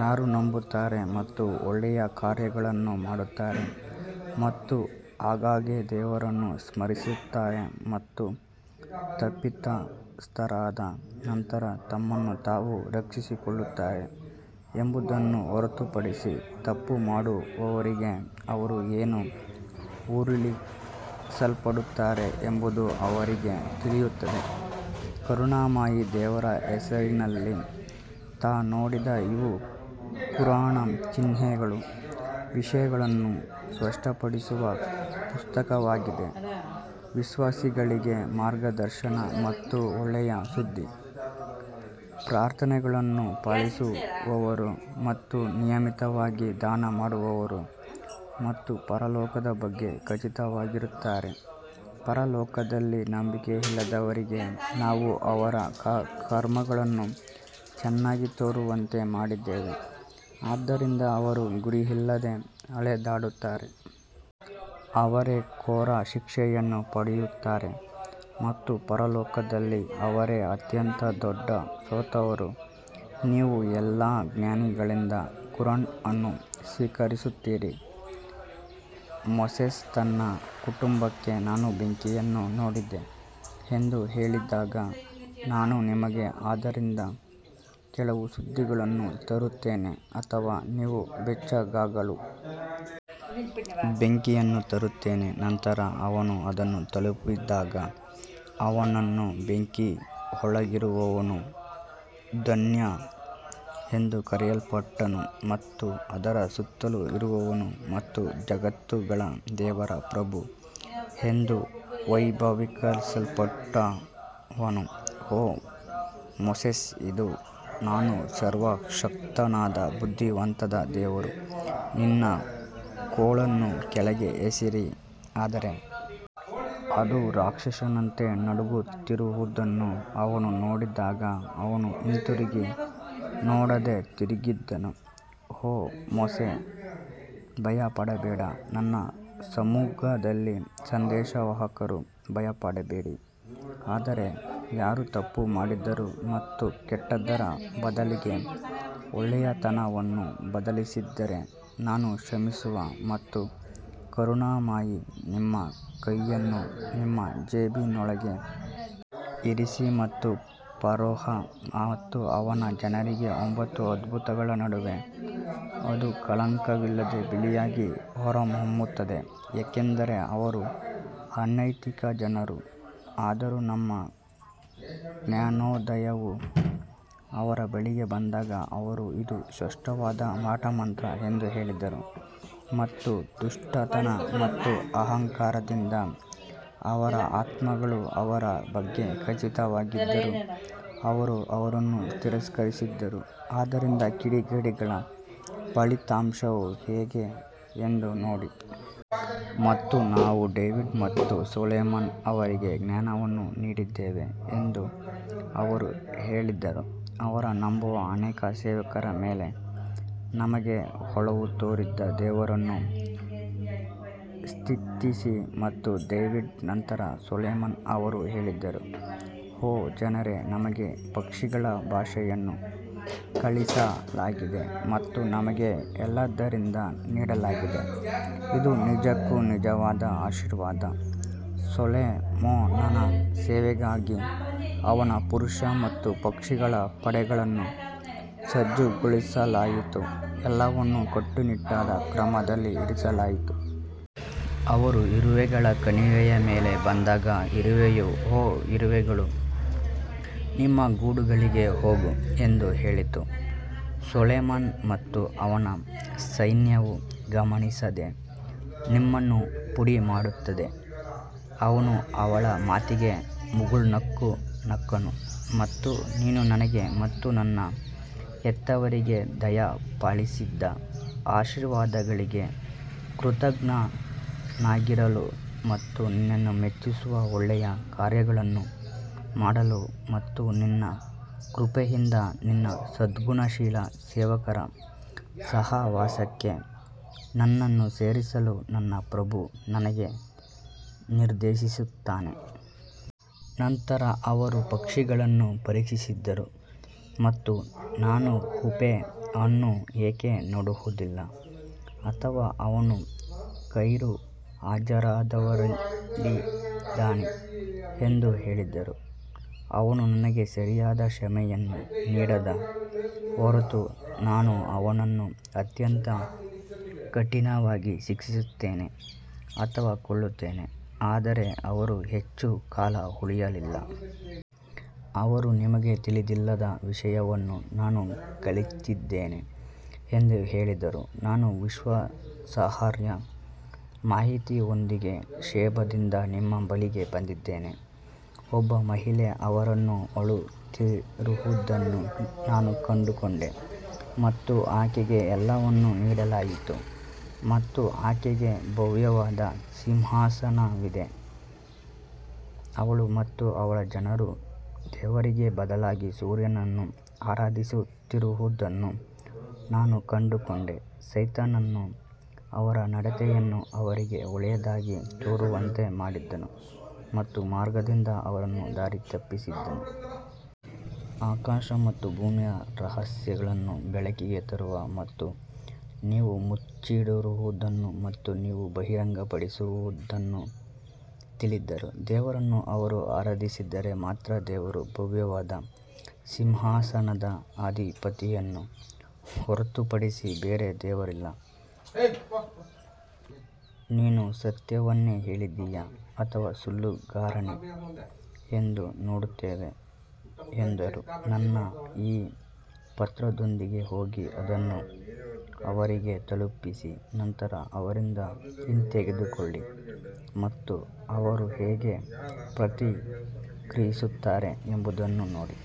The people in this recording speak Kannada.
ಯಾರು ನಂಬುತ್ತಾರೆ ಮತ್ತು ಒಳ್ಳೆಯ ಕಾರ್ಯಗಳನ್ನು ಮಾಡುತ್ತಾರೆ ಮತ್ತು ಆಗಾಗ್ಗೆ ದೇವರನ್ನು ಸ್ಮರಿಸುತ್ತಾರೆ ಮತ್ತು ತಪ್ಪಿತಸ್ಥರಾದ ನಂತರ ತಮ್ಮನ್ನು ತಾವು ರಕ್ಷಿಸಿಕೊಳ್ಳುತ್ತಾರೆ ಎಂಬುದನ್ನು ಹೊರತುಪಡಿಸಿ, ತಪ್ಪು ಮಾಡುವವರಿಗೆ ಅವರು ಏನು ಉರುಳಿಸಲ್ಪಡುತ್ತಾರೆ ಎಂಬುದು ಅವರಿಗೆ ತಿಳಿಯುತ್ತದೆ. ಕರುಣಾಮಯಿ ದೇವರ ಹೆಸರಿನಲ್ಲಿ ತಾ ನೋಡಿದ ಇವು ಕುರಾನ್ನ ಚಿಹ್ನೆಗಳು ವಿಷಯಗಳನ್ನು ಸ್ಪಷ್ಟಪಡಿಸುವ ಪುಸ್ತಕವಾಗಿದೆ ವಿಶ್ವಾಸಿಗಳಿಗೆ ಮಾರ್ಗದರ್ಶನ ಮತ್ತು ಒಳ್ಳೆಯ ಸುದ್ದಿ ಪ್ರಾರ್ಥನೆಗಳನ್ನು ಪಾಲಿಸುವವರು ಮತ್ತು ನಿಯಮಿತವಾಗಿ ದಾನ ಮಾಡುವವರು ಮತ್ತು ಪರಲೋಕದ ಬಗ್ಗೆ ಖಚಿತವಾಗಿರುತ್ತಾರೆ ಪರಲೋಕದಲ್ಲಿ ನಂಬಿಕೆಯಿಲ್ಲದವರಿಗೆ ನಾವು ಅವರ ಕರ್ಮಗಳನ್ನು ಚೆನ್ನಾಗಿ ತೋರುವಂತೆ ಮಾಡಿದ್ದೇವೆ ಆದ್ದರಿಂದ ಅವರು ಗುರಿಯಿಲ್ಲದೆ ಅಲೆದಾಡುತ್ತಾರೆ. ಅವರೇ ಘೋರ ಶಿಕ್ಷೆಯನ್ನು ಪಡೆಯುತ್ತಾರೆ ಮತ್ತು ಪರಲೋಕದಲ್ಲಿ ಅವರೇ ಅತ್ಯಂತ ದೊಡ್ಡ ಸೋತವರು ನೀವು ಎಲ್ಲಾ ಜ್ಞಾನಿಗಳಿಂದ ಕುರಾನ್ ಅನ್ನು ಸ್ವೀಕರಿಸುತ್ತೀರಿ ಮೋಸೆಸ್ ತನ್ನ ಕುಟುಂಬಕ್ಕೆ ನಾನು ಬೆಂಕಿಯನ್ನು ನೋಡಿದೆ ಎಂದು ಹೇಳಿದಾಗ ನಾನು ನಿಮಗೆ ಅದರಿಂದ ಕೆಲವು ಸುದ್ದಿಗಳನ್ನು ತರುತ್ತೇನೆ ಅಥವಾ ನೀವು ಬೆಚ್ಚಗಾಗಲು ಬೆಂಕಿಯನ್ನು ತರುತ್ತೇನೆ ನಂತರ ಅವನು ಅದನ್ನು ತಲುಪಿದಾಗ ಅವನನ್ನು ಬೆಂಕಿಯೊಳಗಿರುವವನು ಧನ್ಯ ಎಂದು ಕರೆಯಲ್ಪಟ್ಟನು ಮತ್ತು ಅದರ ಸುತ್ತಲೂ ಇರುವವನು ಮತ್ತು ಜಗತ್ತುಗಳ ದೇವರ ಪ್ರಭು ಎಂದು ವೈಭವೀಕರಿಸಲ್ಪಟ್ಟವನು ಓ ಮೋಸೆಸ್ ಇದು ನಾನು ಸರ್ವಶಕ್ತನಾದ ಬುದ್ಧಿವಂತನಾದ ದೇವರು ನಿನ್ನ ಕೋಲನ್ನು ಕೆಳಗೆ ಎಸೆಯಿರಿ ಆದರೆ ಅದು ರಾಕ್ಷಸನಂತೆ ನಡುಗುತ್ತಿರುವುದನ್ನು ಅವನು ನೋಡಿದಾಗ ಅವನು ಹಿಂತಿರುಗಿ ನೋಡದೆ ತಿರುಗಿದನು ಓ ಮೋಶೆ ಭಯಪಡಬೇಡ ನನ್ನ ಸಮ್ಮುಖದಲ್ಲಿ ಸಂದೇಶವಾಹಕರು ಭಯಪಡಬೇಡಿ ಆದರೆ ಯಾರು ತಪ್ಪು ಮಾಡಿದರೂ ಮತ್ತು ಕೆಟ್ಟದ್ದರ ಬದಲಿಗೆ ಒಳ್ಳೆಯತನವನ್ನು ಬದಲಿಸಿದರೆ ನಾನು ಕ್ಷಮಿಸುವ ಮತ್ತು ಕರುಣಾಮಯಿ ನಿಮ್ಮ ಕೈಯನ್ನು ನಿಮ್ಮ ಜೇಬಿನೊಳಗೆ ಇರಿಸಿ ಮತ್ತು ಫರೋಹ ಮತ್ತು ಅವನ ಜನರಿಗೆ ಒಂಬತ್ತು ಅದ್ಭುತಗಳ ನಡುವೆ ಅದು ಕಳಂಕವಿಲ್ಲದೆ ಬಿಳಿಯಾಗಿ ಹೊರಹೊಮ್ಮುತ್ತದೆ ಏಕೆಂದರೆ ಅವರು ಅನೈತಿಕ ಜನರು ಆದರೂ ನಮ್ಮ ಜ್ಞಾನೋದಯವು ಅವರ ಬಳಿಗೆ ಬಂದಾಗ ಅವರು ಇದು ಸ್ಪಷ್ಟವಾದ ಮಾಟಮಂತ್ರ ಎಂದು ಹೇಳಿದರು ಮತ್ತು ದುಷ್ಟತನ ಮತ್ತು ಅಹಂಕಾರದಿಂದ ಅವರ ಆತ್ಮಗಳು ಅವರ ಬಗ್ಗೆ ಖಚಿತವಾಗಿದ್ದರೂ ಅವರು ಅವರನ್ನು ತಿರಸ್ಕರಿಸಿದರು, ಆದ್ದರಿಂದ ಕಿಡಿಗೇಡಿಗಳ ಫಲಿತಾಂಶವು ಹೇಗೆ ಎಂದು ನೋಡಿ. ಮತ್ತು ನಾವು ಡೇವಿಡ್ ಮತ್ತು ಸೊಲೊಮನ್ ಅವರಿಗೆ ಜ್ಞಾನವನ್ನು ನೀಡಿದ್ದೇವೆ ಎಂದು ಅವರು ಹೇಳಿದರು, ಅವರ ನಂಬುವ ಅನೇಕ ಸೇವಕರ ಮೇಲೆ ನಮಗೆ ಒಲವು ತೋರಿದ ದೇವರನ್ನು ಸ್ತುತಿಸಿ ಮತ್ತು ಡೇವಿಡ್ ನಂತರ ಸೊಲೊಮನ್ ಅವರು ಹೇಳಿದರು ಓ ಜನರೇ ನಮಗೆ ಪಕ್ಷಿಗಳ ಭಾಷೆಯನ್ನು ಕಲಿಸಲಾಗಿದೆ ಮತ್ತು ನಮಗೆ ಎಲ್ಲದರಿಂದ ನೀಡಲಾಗಿದೆ ಇದು ನಿಜಕ್ಕೂ ನಿಜವಾದ ಆಶೀರ್ವಾದ ಸೊಲೊಮೋನನ ಸೇವೆಗಾಗಿ ಅವನ ಪುರುಷ ಮತ್ತು ಪಕ್ಷಿಗಳ ಪಡೆಗಳನ್ನು ಸಜ್ಜುಗೊಳಿಸಲಾಯಿತು, ಎಲ್ಲವನ್ನೂ ಕಟ್ಟುನಿಟ್ಟಾದ ಕ್ರಮದಲ್ಲಿ ಇರಿಸಲಾಯಿತು. ಅವರು ಇರುವೆಗಳ ಕಣಿವೆಯ ಮೇಲೆ ಬಂದಾಗ ಇರುವೆಯು ಓ ಇರುವೆಗಳು ನಿಮ್ಮ ಗೂಡುಗಳಿಗೆ ಹೋಗು ಎಂದು ಹೇಳಿತು, ಸೊಲೊಮನ್ ಮತ್ತು ಅವನ ಸೈನ್ಯವು ಗಮನಿಸದೆ ನಿಮ್ಮನ್ನು ಪುಡಿಮಾಡುತ್ತದೆ. ಅವನು ಅವಳ ಮಾತಿಗೆ ಮುಗುಳ್ನಕ್ಕು ನಕ್ಕನು ಮತ್ತು ನೀನು ನನಗೆ ಮತ್ತು ನನ್ನ ಹೆತ್ತವರಿಗೆ ದಯಪಾಲಿಸಿದ ಆಶೀರ್ವಾದಗಳಿಗೆ ಕೃತಜ್ಞನಾಗಿರಲು ಮತ್ತು ನಿನ್ನನ್ನು ಮೆಚ್ಚಿಸುವ ಒಳ್ಳೆಯ ಕಾರ್ಯಗಳನ್ನು ಮಾಡಲು ಮತ್ತು ನಿನ್ನ ಕೃಪೆಯಿಂದ ನಿನ್ನ ಸದ್ಗುಣಶೀಲ ಸೇವಕರ ಸಹವಾಸಕ್ಕೆ ನನ್ನನ್ನು ಸೇರಿಸಲು ನನ್ನ ಪ್ರಭು ನನಗೆ ನಿರ್ದೇಶಿಸುತ್ತಾನೆ. ನಂತರ ಅವರು ಪಕ್ಷಿಗಳನ್ನು ಪರೀಕ್ಷಿಸಿದರು ಮತ್ತು ನಾನು ಹೂಪೋ ಅನ್ನು ಏಕೆ ನೋಡುವುದಿಲ್ಲ ಅಥವಾ ಅವನು ಗೈರುಹಾಜರಾದವರಲ್ಲಿದ್ದಾನೆ ಎಂದು ಹೇಳಿದರು. ಅವನು ನನಗೆ ಸರಿಯಾದ ಕ್ಷಮೆಯನ್ನು ನೀಡದ ಹೊರತು ನಾನು ಅವನನ್ನು ಅತ್ಯಂತ ಕಠಿಣವಾಗಿ ಶಿಕ್ಷಿಸುತ್ತೇನೆ ಅಥವಾ ಕೊಲ್ಲುತ್ತೇನೆ ಆದರೆ ಅವರು ಹೆಚ್ಚು ಕಾಲ ಉಳಿಯಲಿಲ್ಲ ಅವರು ನಿಮಗೆ ತಿಳಿದಿಲ್ಲದ ವಿಷಯವನ್ನು ನಾನು ಕಲಿತಿದ್ದೇನೆ ಎಂದು ಹೇಳಿದರು ನಾನು ವಿಶ್ವಾಸಾರ್ಹ ಮಾಹಿತಿಯೊಂದಿಗೆ ಶೆಬಾದಿಂದ ನಿಮ್ಮ ಬಳಿಗೆ ಬಂದಿದ್ದೇನೆ ಒಬ್ಬ ಮಹಿಳೆ ಅವರನ್ನು ಆಳುತ್ತಿರುವುದನ್ನು ನಾನು ಕಂಡುಕೊಂಡೆ ಮತ್ತು ಆಕೆಗೆ ಎಲ್ಲವನ್ನೂ ನೀಡಲಾಯಿತು ಮತ್ತು ಆಕೆಗೆ ಭವ್ಯವಾದ ಸಿಂಹಾಸನವಿದೆ ಅವಳು ಮತ್ತು ಅವಳ ಜನರು ದೇವರಿಗೆ ಬದಲಾಗಿ ಸೂರ್ಯನನ್ನು ಆರಾಧಿಸುತ್ತಿರುವುದನ್ನು ನಾನು ಕಂಡುಕೊಂಡೆ ಸೈತಾನನು ಅವರ ನಡತೆಯನ್ನು ಅವರಿಗೆ ಒಳ್ಳೆಯದಾಗಿ ತೋರುವಂತೆ ಮಾಡಿದನು ಮತ್ತು ಮಾರ್ಗದಿಂದ ಅವರನ್ನು ದಾರಿ ತಪ್ಪಿಸಿದನು. ಆಕಾಶ ಮತ್ತು ಭೂಮಿಯ ರಹಸ್ಯಗಳನ್ನು ಬೆಳಕಿಗೆ ತರುವ ಮತ್ತು ನೀವು ಮುಚ್ಚಿಡುವುದನ್ನು ಮತ್ತು ನೀವು ಬಹಿರಂಗಪಡಿಸುವದನ್ನು ತಿಳಿದಿರುವ ದೇವರನ್ನು ಅವರು ಆರಾಧಿಸಿದರೆ ಮಾತ್ರ ದೇವರು ಭವ್ಯವಾದ ಸಿಂಹಾಸನದ ಅಧಿಪತಿಯನ್ನು ಹೊರತುಪಡಿಸಿ ಬೇರೆ ದೇವರಿಲ್ಲ ನೀನು ಸತ್ಯವನ್ನೇ ಹೇಳಿದ್ದೀಯಾ ಅಥವಾ ಸುಳ್ಳುಗಾರನೇ ಎಂದು ನೋಡುತ್ತೇವೆ ಎಂದರು ನನ್ನ ಈ ಪತ್ರದೊಂದಿಗೆ ಹೋಗಿ ಅದನ್ನು ಅವರಿಗೆ ತಲುಪಿಸಿ ನಂತರ ಅವರಿಂದ ಹಿಂತೆಗೆದುಕೊಳ್ಳಿ ಮತ್ತು ಅವರು ಹೇಗೆ ಪ್ರತಿಕ್ರಿಯಿಸುತ್ತಾರೆ ಎಂಬುದನ್ನು ನೋಡಿ.